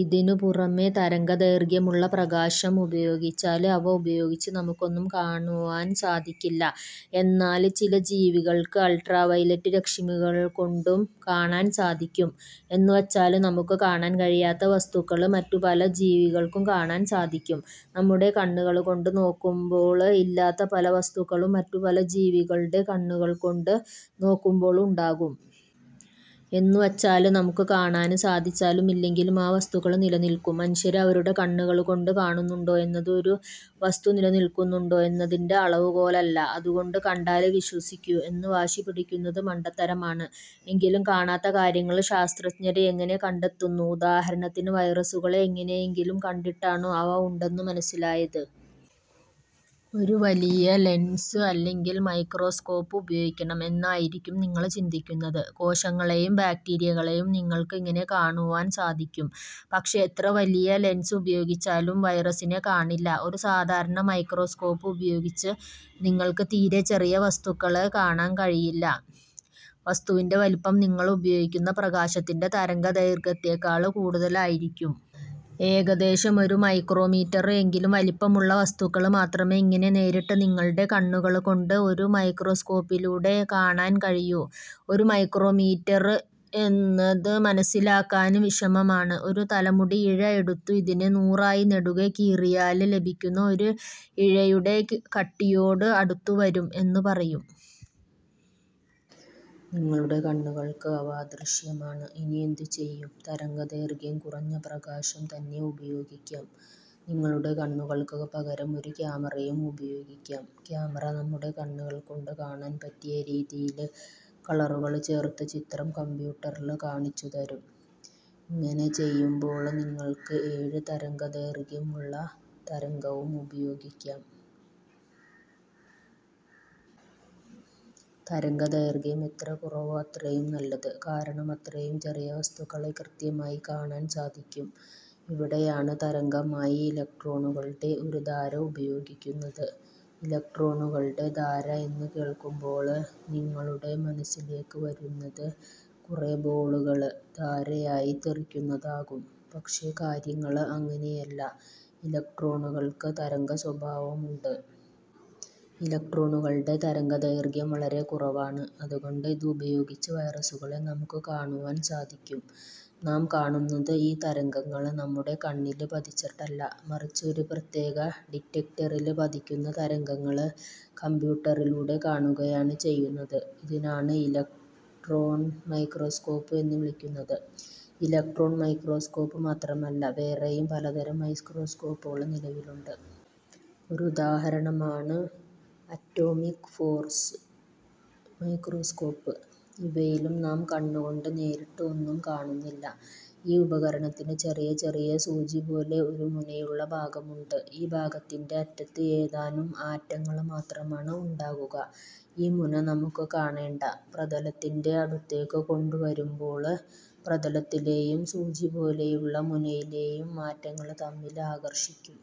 ഇതിനു പുറമെ തരംഗദൈര്ഘ്യമുള്ള പ്രകാശം ഉപയോഗിച്ചാല് അവ ഉപയോഗിച്ച് നമുക്കൊന്നും കാണുവാന് സാധിക്കില്ല. എന്നാല് ചില ജീവികള്ക്ക് അള്ട്രാവയലറ്റ് രശ്മികള്കൊണ്ടും കാണാന് സാധിക്കും. എന്നുവച്ചാല് നമുക്ക് കാണാന് കഴിയാത്ത വസ്തുക്കള് മറ്റു പല ജീവികള്ക്കും കാണാന് സാധിക്കും. നമ്മുടെ കണ്ണുകള്കൊണ്ട് നോക്കുമ്പോള് ഇല്ലാത്ത പല വസ്തുക്കളും മറ്റു പല ജീവികളുടെ കണ്ണുകള്കൊണ്ട് നോക്കുമ്പോള് ഉണ്ടാകും. എന്നുവച്ചാല് നമുക്ക് കാണാന് സാധിച്ചാലും ഇല്ലെങ്കിലും ആ വസ്തുക്കള് നിലനില്ക്കും. മനുഷ്യര് അവരുടെ കണ്ണുകള്കൊണ്ട് കാണുന്നുണ്ടോ എന്നത് ഒരു വസ്തു നിലനില്ക്കുന്നുണ്ടോ എന്നതിന്റെ അളവുകോലല്ല. അതുകൊണ്ട് കണ്ടാലേ വിശ്വസിക്കൂ എന്ന് വാശിപിടിക്കുന്നത് മണ്ടത്തരമാണ്. എങ്കിലും കാണാത്ത കാര്യങ്ങള് ശാസ്ത്രഞ്ജര് എങ്ങനെ കണ്ടെത്തുന്നു. ഉദാഹരണത്തിന് വൈറസുകളെ എങ്ങനെയെങ്കിലും കണ്ടിട്ടാണോ അവ ഉണ്ടെന്നു മനസിലായത്. ഒരു വലിയ ലെൻസ് അല്ലെങ്കില് മൈക്രോസ്കോപ്പ് ഉപയോഗിക്കണം എന്നായിരിക്കും നിങ്ങള് ചിന്തിക്കുന്നത്. കോശങ്ങളെയും ബാക്റ്റീരിയകളെയും നിങ്ങള്ക്ക് ഇങ്ങനെ കാണുവാന് സാധിക്കും. പക്ഷേ എത്ര വലിയ ലെൻസ് ഉപയോഗിച്ചാലും വൈറസിനെ കാണില്ല. ഒരു സാധാരണ മൈക്രോസ്കോപ്പ് ഉപയോഗിച്ച് നിങ്ങള്ക്ക് തീരെ ചെറിയ വസ്തുക്കള് കാണാന് കഴിയില്ല. വസ്തുവിന്റെ വലിപ്പം നിങ്ങള് ഉപയോഗിക്കുന്ന പ്രകാശത്തിന്റെ തരംഗദൈർഘ്യത്തേക്കാള് കൂടുതല് ആയിരിക്കണം. ഏകദേശം ഒരു മൈക്രോമീറ്റര് എങ്കിലും വലിപ്പമുള്ള വസ്തുക്കള് മാത്രമേ ഇങ്ങനെ നേരിട്ട് നിങ്ങളുടെ കണ്ണുകൾ കൊണ്ട് ഒരു മൈക്രോസ്കോപ്പിലൂടെ കാണാന് കഴിയൂ. ഒരു മൈക്രോമീറ്റര് എന്നത് മനസിലാക്കാന് വിഷമമാണ്. ഒരു തലമുടി ഇഴ എടുത്തു ഇതിനെ നൂറായി നെടുകെ കീറിയാല് ലഭിക്കുന്ന ഒരു ഇഴയുടെ കട്ടിയോട് അടുത്തുവരും എന്ന് പറയാം. നിങ്ങളുടെ കണ്ണുകൾക്ക് അവ അദൃശ്യമാണ്. ഇനിയെന്തു ചെയ്യും. തരംഗദൈര്ഘ്യം കുറഞ്ഞ പ്രകാശം തന്നെ ഉപയോഗിക്കാം. നിങ്ങളുടെ കണ്ണുകൾക്ക് പകരം ഒരു ക്യാമറയും ഉപയോഗിക്കാം. ക്യാമറ, നമ്മുടെ കണ്ണുകള് കൊണ്ട് കാണാന് പറ്റിയ രീതിയില് കളറുകള് ചേര്ത്ത് ചിത്രം കമ്പ്യൂട്ടറില് കാണിച്ചുതരും. ഇങ്ങനെ ചെയ്യുമ്പോള് നിങ്ങൾക്ക് ഏത് തരംഗ ദൈർഘ്യമുള്ള തരംഗവും ഉപയോഗിക്കാം. തരംഗദൈർഘ്യം എത്ര കുറവോ അത്രയും നല്ലത്. കാരണം അത്രയും ചെറിയ വസ്തുക്കളെ കൃത്യമായി കാണാന് സാധിക്കും. ഇവിടെയാണ് തരംഗമായി ഇലക്ട്രോണുകളുടെ ഒരു ധാര ഉപയോഗിക്കുന്നത്. ഇലക്ട്രോണുകളുടെ ധാര എന്നുകേള്ക്കുമ്പോള് നിങ്ങളുടെ മനസിലേക്ക് വരുന്നത് കുറെ ബോളുകള് ധാരയായി തെറിക്കുന്നതാകും. പക്ഷെ കാര്യങ്ങള് അങ്ങനെയല്ല. ഇലക്ട്രോണുകള്ക്ക് തരംഗ സ്വഭാവമുണ്ട്. ഇലക്ട്രോണുകളുടെ തരംഗദൈര്ഘ്യം വളരെ കുറവാണ്. അതുകൊണ്ട് ഇതുപയോഗിച്ച് വൈറസുകളെ നമുക്ക് കാണുവാന് സാധിക്കും. നാം കാണുന്നത് ഈ തരംഗങ്ങള് നമ്മുടെ കണ്ണില് പതിച്ചിട്ടല്ല. മറിച്ചു ഒരു പ്രത്യേക ഡിറ്റക്ടറില് പതിക്കുന്ന തരംഗങ്ങള് കമ്പ്യൂട്ടറിലൂടെ കാണുകയാണ് ചെയ്യുന്നത്. ഇതിനാണ് ഇലക്ട്രോണ് മൈക്രോസ്കോപ് എന്നുവിളിക്കുന്നത്. ഇലക്ട്രോണ് മൈക്രോസ്കോപ്പ് മാത്രമല്ല വേറെയും പലതരം മൈക്രൊസ്കൊപ്പുകള് നിലവിലുണ്ട്. ഒരു ഉദാഹരണമാണ് അറ്റോമിക് ഫോര്സ് മൈക്രോസ്കോപ്പ്. ഇവയിലും നാം കണ്ണുകൊണ്ട് നേരിട്ട് ഒന്നും കാണുന്നില്ല. ഈ ഉപകരണത്തിന് ചെറിയ ചെറിയ സൂചിപോലെ ഒരു മുനയുള്ള ഭാഗമുണ്ട്. ഈ ഭാഗത്തിന്റെ അറ്റത്തു ഏതാനും ആറ്റങ്ങള് മാത്രമാണ് ഉണ്ടാകുക. ഈ മുന നമുക്ക് 'കാണേണ്ട' പ്രതലത്തിന്റെ അടുത്തേക്ക് കൊണ്ടുവരുമ്പോള് പ്രതലത്തിലെയും, സൂചി പോലെയുള്ള മുനയിലെയും ആറ്റങ്ങള് തമ്മില് ആകർഷിക്കും.